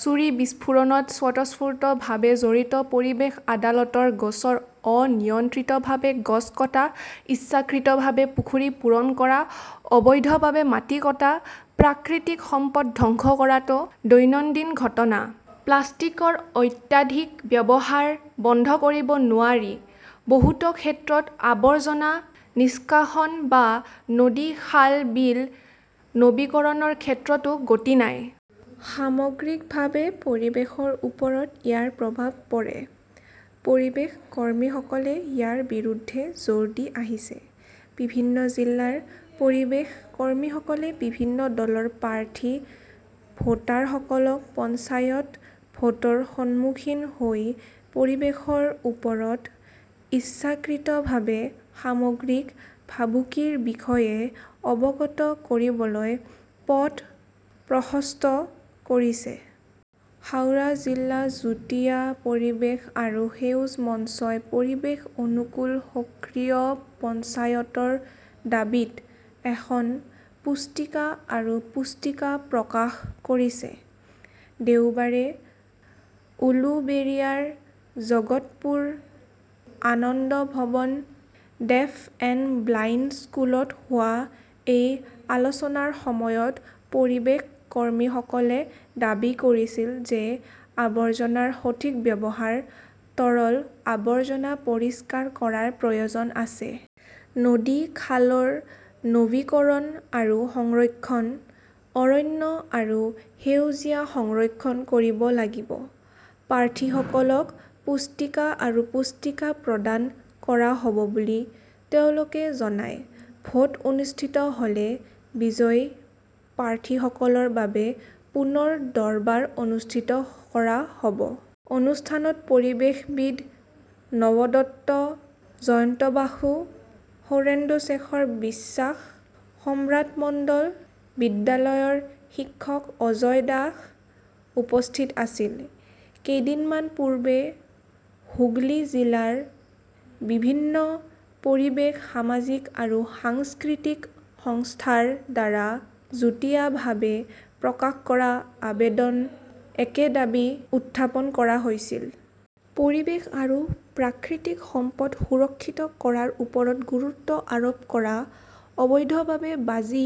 ছুৰী বিস্ফোৰণত স্বতঃস্ফূৰ্তভাৱে জড়িত পৰিৱেশ আদালতৰ গোচৰ অনিয়ন্ত্ৰিতভাৱে গছ কটা, ইচ্ছাকৃতভাৱে পুখুৰী পূৰণ কৰা, অবৈধভাৱে মাটি কটা-প্ৰাকৃতিক সম্পদ ধ্বংস কৰাটো দৈনন্দিন ঘটনা। প্লাষ্টিকৰ অত্যাধিক ব্যৱহাৰ বন্ধ কৰিব নোৱাৰি। বহুতো ক্ষেত্ৰত আৱৰ্জনা নিষ্কাশন বা নদী-খাল-বিল নৱীকৰণৰ ক্ষেত্ৰতো গতি নাই। সামগ্ৰিকভাৱে পৰিৱেশৰ ওপৰত ইয়াৰ প্ৰভাৱ পৰে। পৰিৱেশ কৰ্মীসকলে ইয়াৰ বিৰুদ্ধে জোৰ দি আহিছে। বিভিন্ন জিলাৰ পৰিৱেশ কৰ্মীসকলে বিভিন্ন দলৰ প্ৰাৰ্থী, ভোটাৰসকলক পঞ্চায়ত ভোটৰ সন্মুখীন হৈ পৰিৱেশৰ ওপৰত ইচ্ছাকৃতভাৱে সামগ্ৰিক ভাবুকিৰ বিষয়ে অৱগত কৰিবলৈ পথ প্ৰশস্ত কৰিছে। হাওৰা জিলা যুটীয়া পৰিৱেশ আৰু সেউজ মঞ্চই 'পৰিৱেশ অনুকূল সক্ৰিয় পঞ্চায়ত "ৰ দাবীত এখন পুস্তিকা আৰু পুস্তিকা প্ৰকাশ কৰিছে। দেওবাৰে উলুবেৰিয়াৰ Jagatpur Anand Bhavan deaf and blind স্কুলত হোৱা এই আলোচনাৰ সময়ত পৰিৱেশ কৰ্মীসকলে দাবী কৰিছিল যে আৱৰ্জনাৰ সঠিক ব্যৱহাৰ, তৰল আৱৰ্জনা পৰিষ্কাৰ কৰাৰ প্ৰয়োজন আছে। নদী-খালৰ নৱীকৰণ আৰু সংৰক্ষণ, অৰণ্য আৰু সেউজীয়া সংৰক্ষণ কৰিব লাগিব। প্ৰাৰ্থীসকলক পুস্তিকা আৰু পুস্তিকা প্ৰদান কৰা হ "ব বুলি তেওঁলোকে জনায়। ভোট অনুষ্ঠিত হ "লে বিজয়ী প্ৰাৰ্থীসকলৰ বাবে পুনৰ দৰবাৰ অনুষ্ঠিত কৰা হ" ব। অনুষ্ঠানত পৰিৱেশবিদ নৱদত্ত, জয়ন্ত বসু, সৌৰেন্দুশেখৰ বিশ্বাস, সম্ৰাট মণ্ডল, বিদ্যালয়ৰ শিক্ষক অজয় দাস উপস্থিত আছিল। কেইদিনমান পূৰ্বে হুগলী জিলাৰ বিভিন্ন পৰিৱেশ, সামাজিক আৰু সাংস্কৃতিক সংস্থাৰ দ্বাৰা যুটীয়াভাৱে প্ৰকাশ কৰা আবেদনত একে দাবী উত্থাপন কৰা হৈছিল। পৰিৱেশ আৰু প্ৰাকৃতিক সম্পদ সুৰক্ষিত কৰাৰ ওপৰত গুৰুত্ব আৰোপ কৰা, অবৈধভাৱে বাজি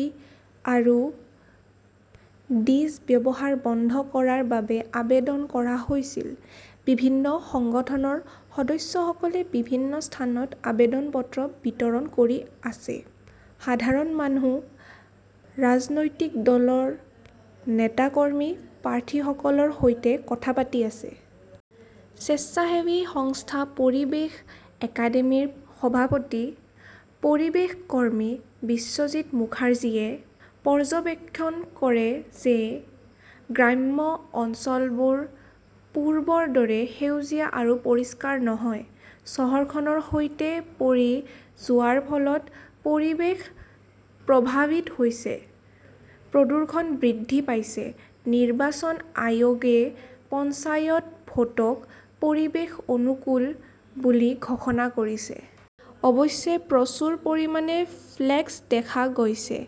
আৰু ডিজ ব্যৱহাৰ বন্ধ কৰাৰ বাবে আবেদন কৰা হৈছিল। বিভিন্ন সংগঠনৰ সদস্যসকলে বিভিন্ন স্থানত আবেদন পত্ৰ বিতৰণ কৰি আছে। সাধাৰণ মানুহ, ৰাজনৈতিক দলৰ নেতা-কৰ্মী, প্ৰাৰ্থীসকলৰ সৈতে কথা পাতি আছে। স্বেচ্ছাসেৱী সংস্থা পৰিৱেশ একাডেমীৰ সভাপতি, পৰিৱেশ কৰ্মী বিশ্বজিত মুখাৰ্জীয়ে পৰ্যবেক্ষণ কৰে যে গ্ৰাম্য অঞ্চলবোৰ পূৰ্বৰ দৰে সেউজীয়া আৰু পৰিষ্কাৰ নহয়। চহৰখনৰ সৈতে পৰি যোৱাৰ ফলত পৰিৱেশ 'প্ৰভাৱিত "হৈছে। প্ৰদূষণ বৃদ্ধি পাইছে। নিৰ্বাচন আয়োগে পঞ্চায়ত ভোটক 'পৰিৱেশ অনুকূল "বুলি ঘোষণা কৰিছে। অৱশ্যে, প্ৰচুৰ পৰিমাণে ফ্লেক্স দেখা গৈছে,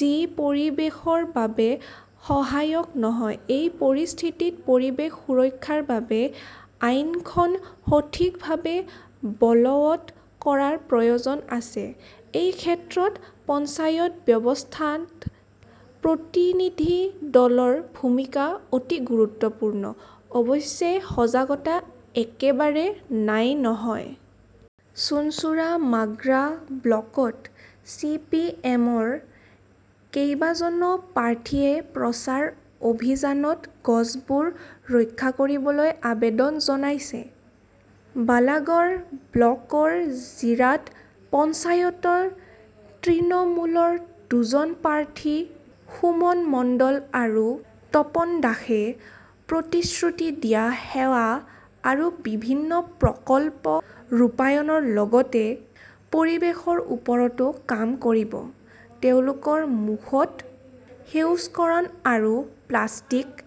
যি পৰিৱেশৰ বাবে সহায়ক নহয়। এই পৰিস্থিতিত, পৰিৱেশ সুৰক্ষাৰ বাবে আইনখন সঠিকভাৱে বলৱৎ কৰাৰ প্ৰয়োজন আছে। এই ক্ষেত্ৰত পঞ্চায়ত ব্যৱস্থাত প্ৰতিনিধি দলৰ ভূমিকা অতি গুৰুত্বপূৰ্ণ। অৱশ্যে, সজাগতা একেবাৰে নাই, নহয়। চুঞ্চুৰা-মাগ্ৰা ব্লকত চি. পি. এম. -ৰ কেইবাজনো প্ৰাৰ্থীয়ে প্ৰচাৰ অভিযানত গছবোৰ ৰক্ষা কৰিবলৈ আবেদন জনাইছে। বালাগড় ব্লকৰ জিৰাট পঞ্চায়তৰ তৃণমূলৰ দুজন প্ৰাৰ্থী সুমন মণ্ডল আৰু তপন দাসে প্ৰতিশ্ৰুতি দিয়া সেৱা আৰু বিভিন্ন প্ৰকল্প ৰূপায়ণৰ লগতে পৰিৱেশৰ ওপৰতো কাম কৰিব। তেওঁলোকৰ মুখত সেউজকৰণ আৰু প্লাষ্টিক